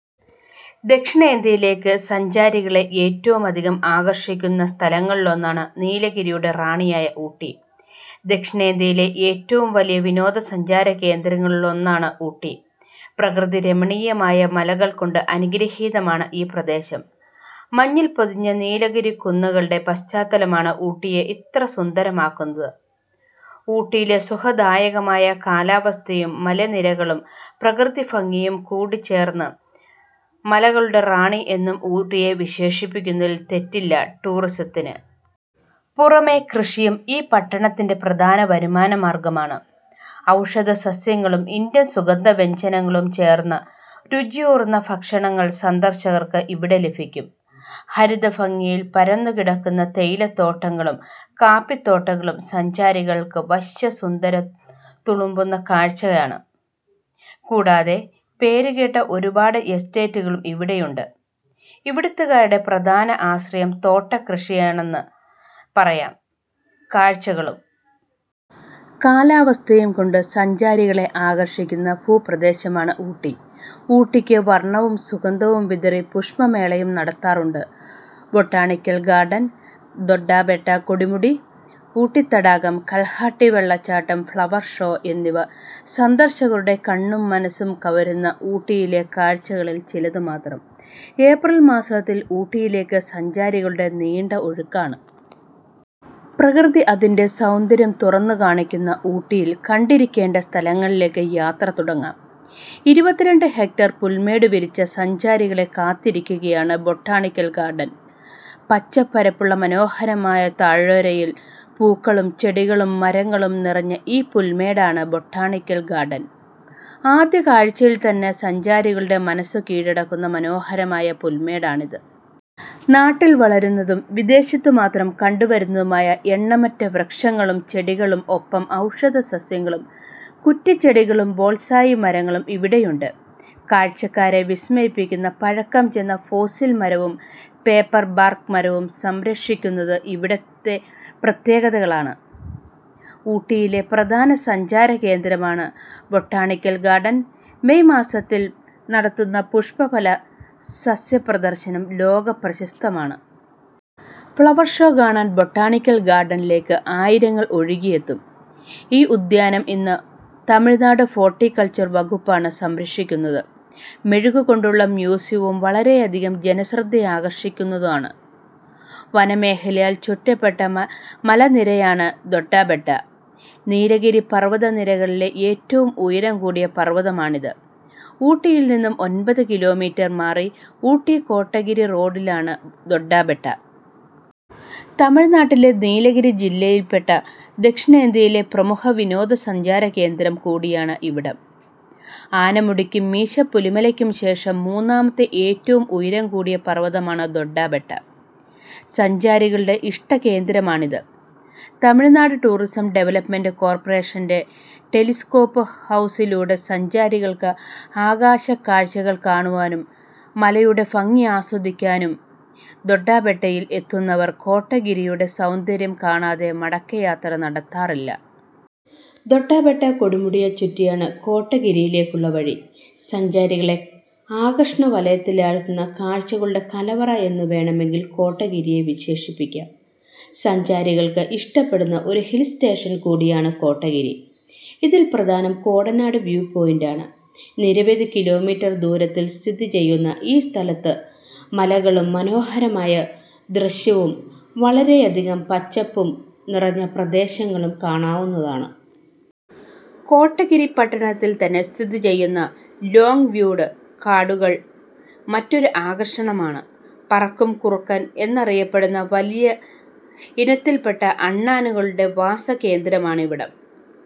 ദക്ഷിണേന്ത്യയിലേക്ക് സഞ്ചാരികളെ ഏറ്റവും അധികം ആകർഷിക്കുന്ന സ്ഥലങ്ങളിലൊന്നാണ് നീലഗിരിയുടെ റാണിയായ ഊട്ടി. ദക്ഷിണേന്ത്യയിലെ ഏറ്റവും വലിയ വിനോദസഞ്ചാരകേന്ദ്രങ്ങളിലൊന്നാണ് ഊട്ടി. പ്രകൃതിരമണീയമായ മലകൾ കൊണ്ട് അനുഗ്രഹീതമാണ് ഈ പ്രദേശം. മഞ്ഞിൽ പൊതിഞ്ഞ നീലഗിരിക്കുന്നുകളുടെ പശ്ചാത്തലമാണ് ഊട്ടിയെ ഇത്ര സുന്ദരമാക്കുന്നത്. ഊട്ടിയിലെ സുഖദായകമായ കാലാവസ്ഥയും മലനിരകളും പ്രകൃതിഭംഗിയും കൂടിച്ചേർന്ന് മലകളുടെ റാണി എന്നും ഊട്ടിയെ വിശേഷിപ്പിക്കുന്നതിൽ തെറ്റില്ല. ടൂറിസത്തിന് പുറമെ കൃഷിയും ഈ പട്ടണത്തിന്റെ പ്രധാന വരുമാനമാർഗമാണ്. ഔഷധസസ്യങ്ങളും ഇന്ത്യൻ സുഗന്ധവ്യഞ്ജനങ്ങളും ചേർത്ത രുചിയൂറുന്ന ഭക്ഷണങ്ങൾ സന്ദർശകർക്ക് ഇവിടെ ലഭിക്കും. ഹരിതഭംഗിയിൽ പരന്നുകിടക്കുന്ന തേയിലത്തോട്ടങ്ങളും കാപ്പിത്തോട്ടങ്ങളും സഞ്ചാരികൾക്ക് വശ്യസുന്ദര തുളുമ്പുന്ന കാഴ്ചയാണ്. കൂടാതെ പേരുകേട്ട ഒരുപാട് എസ്റ്റേറ്റുകളും ഇവിടെയുണ്ട്. ഇവിടുത്തുകാരുടെ പ്രധാന ആശ്രയം തോട്ടകൃഷിയാണെന്ന് പറയാം. കാഴ്ചകളും കാലാവസ്ഥയും കൊണ്ട് സഞ്ചാരികളെ ആകർഷിക്കുന്ന ഭൂപ്രദേശമാണ് ഊട്ടി. ഊട്ടിക്ക് വർണവും സുഗന്ധവും വിതറി പുഷ്പമേളയും നടത്താറുണ്ട്. ബൊട്ടാണിക്കൽ ഗാർഡൻ, ദൊഡ്ഡബെട്ട കൊടുമുടി, ഊട്ടി തടാകം, കൽഹാട്ടി വെള്ളച്ചാട്ടം, ഫ്ലവർ ഷോ എന്നിവ സന്ദർശകരുടെ കണ്ണും മനസ്സും കവരുന്ന ഊട്ടിയിലെ കാഴ്ചകളിൽ ചിലത് മാത്രം. ഏപ്രിൽ മാസത്തിൽ ഊട്ടിയിലേക്ക് സഞ്ചാരികളുടെ നീണ്ട ഒഴുക്കാണ്. പ്രകൃതി അതിൻറെ സൗന്ദര്യം തുറന്നുകാണിക്കുന്ന ഊട്ടിയിൽ കണ്ടിരിക്കേണ്ട സ്ഥലങ്ങളിലേക്ക് യാത്ര തുടങ്ങാം. ഇരുപത്തിരണ്ട് ഹെക്ടർ പുൽമേട് വിരിച്ച് സഞ്ചാരികളെ കാത്തിരിക്കുകയാണ് ബൊട്ടാണിക്കൽ ഗാർഡൻ. പച്ചപ്പരപ്പുള്ള മനോഹരമായ താഴ്വരയിൽ പൂക്കളും ചെടികളും മരങ്ങളും നിറഞ്ഞ ഈ പുൽമേടാണ് ബൊട്ടാണിക്കൽ ഗാർഡൻ. ആദ്യ കാഴ്ചയിൽ തന്നെ സഞ്ചാരികളുടെ മനസ്സ് കീഴടക്കുന്ന മനോഹരമായ പുൽമേടാണിത്. നാട്ടിൽ വളരുന്നതും വിദേശത്ത് മാത്രം കണ്ടുവരുന്നതുമായ എണ്ണമറ്റ വൃക്ഷങ്ങളും ചെടികളും ഒപ്പം ഔഷധസസ്യങ്ങളും കുറ്റിച്ചെടികളും ബോൺസായി മരങ്ങളും ഇവിടെയുണ്ട്. കാഴ്ചക്കാരെ വിസ്മയിപ്പിക്കുന്ന പഴക്കംചെന്ന ഫോസിൽ മരവും പേപ്പർ ബാർക്ക് മരവും സംരക്ഷിക്കുന്നത് ഇവിടത്തെ പ്രത്യേകതകളാണ്. ഊട്ടിയിലെ പ്രധാന സഞ്ചാരകേന്ദ്രമാണ് ബൊട്ടാണിക്കൽ ഗാർഡൻ. മേയ് മാസത്തിൽ നടക്കുന്ന പുഷ്പഫല സസ്യ പ്രദർശനം ലോകപ്രശസ്തമാണ്. ഫ്ലവർ ഷോ കാണാൻ ബൊട്ടാണിക്കൽ ഗാർഡനിലേക്ക് ആയിരങ്ങൾ ഒഴുകിയെത്തും. ഈ ഉദ്യാനം ഇന്ന് തമിഴ്നാട് ഹോർട്ടികൾച്ചർ വകുപ്പ് ആണ് സംരക്ഷിക്കുന്നത്. മെഴുകുകൊണ്ടുള്ള മ്യൂസിയവും വളരെയധികം ജനശ്രദ്ധയാകർഷിക്കുന്നതാണ്. വനമേഖലയാൽ ചുറ്റപ്പെട്ട മ മലനിരയാണ് ദൊഡ്ഡബെട്ട. നീലഗിരി പർവതനിരകളിലെ ഏറ്റവും ഉയരം കൂടിയ പർവതമാണിത്. ഊട്ടിയിൽനിന്നും ഒൻപത് കിലോമീറ്റർ മാറി ഊട്ടി കോട്ടഗിരി റോഡരികിലാണ് ദൊഡ്ഡബെട്ട. തമിഴ്നാട്ടിലെ നീലഗിരി ജില്ലയിൽപെട്ട ദക്ഷിണേന്ത്യയിലെ പ്രമുഖ വിനോദസഞ്ചാരകേന്ദ്രം കൂടിയാണ് ഇവിടം. ആനമുടിക്കും മീശപ്പുലിമലയ്ക്കും ശേഷം മൂന്നാമത്തെ ഏറ്റവും ഉയരം കൂടിയ പർവതമാണ് ദൊഡ്ഡബെട്ട. സഞ്ചാരികളുടെ ഇഷ്ടകേന്ദ്രമാണിത്. തമിഴ്നാട് ടൂറിസം ഡെവലപ്മെന്റ് കോർപ്പറേഷൻറെ ടെലിസ്കോപ്പ് ഹൗസിലൂടെ സഞ്ചാരികൾക്ക് ആകാശക്കാഴ്ചകൾ കാണുവാനും മലയുടെ ഭംഗി ആസ്വദിക്കാനും സാധിക്കും. ദൊഡ്ഡബെട്ടയിൽ എത്തുന്നവർ കോട്ടഗിരിയുടെ സൗന്ദര്യം കാണാതെ മടക്കയാത്ര നടത്താറില്ല. ദൊഡ്ഡബെട്ട കൊടുമുടിയെ ചുറ്റിയാണ് കോട്ടഗിരിയിലേക്കുള്ള വഴി. സഞ്ചാരികളെ ആകർഷണവലയത്തിലാഴ്ത്തുന്ന കാഴ്ചകളുടെ കലവറ എന്ന് വേണമെങ്കിൽ കോട്ടഗിരിയെ വിശേഷിപ്പിക്കാം. സഞ്ചാരികൾക്ക് ഇഷ്ടപ്പെടുന്ന ഒരു ഹിൽസ്റ്റേഷൻ കൂടിയാണ് കോട്ടഗിരി. ഇതിൽ പ്രധാനം കോടനാട് വ്യൂ പോയിന്റാണ്. നിരവധി കിലോമീറ്റർ ദൂരത്തിൽ സ്ഥിതി ചെയ്യുന്ന ഈ സ്ഥലത്ത് മലകളു മനോഹരമായ ദൃശ്യവും വളരെയധികം പച്ചപ്പും നിറഞ്ഞ പ്രദേശങ്ങളും കാണാവുന്നതാണ്. കോട്ടഗിരി പട്ടണത്തിൽ തന്നെ സ്ഥിതി ചെയ്യുന്ന ലോങ്‌വ്യൂഡ് കാടുകൾ മറ്റൊരു ആകർഷണമാണ്. പറക്കും കുറുക്കൻ എന്നറിയപ്പെടുന്ന വലിയ ഇനത്തിൽപ്പെട്ട അണ്ണാനുകളുടെ വാസകേന്ദ്രമാണിവിടം.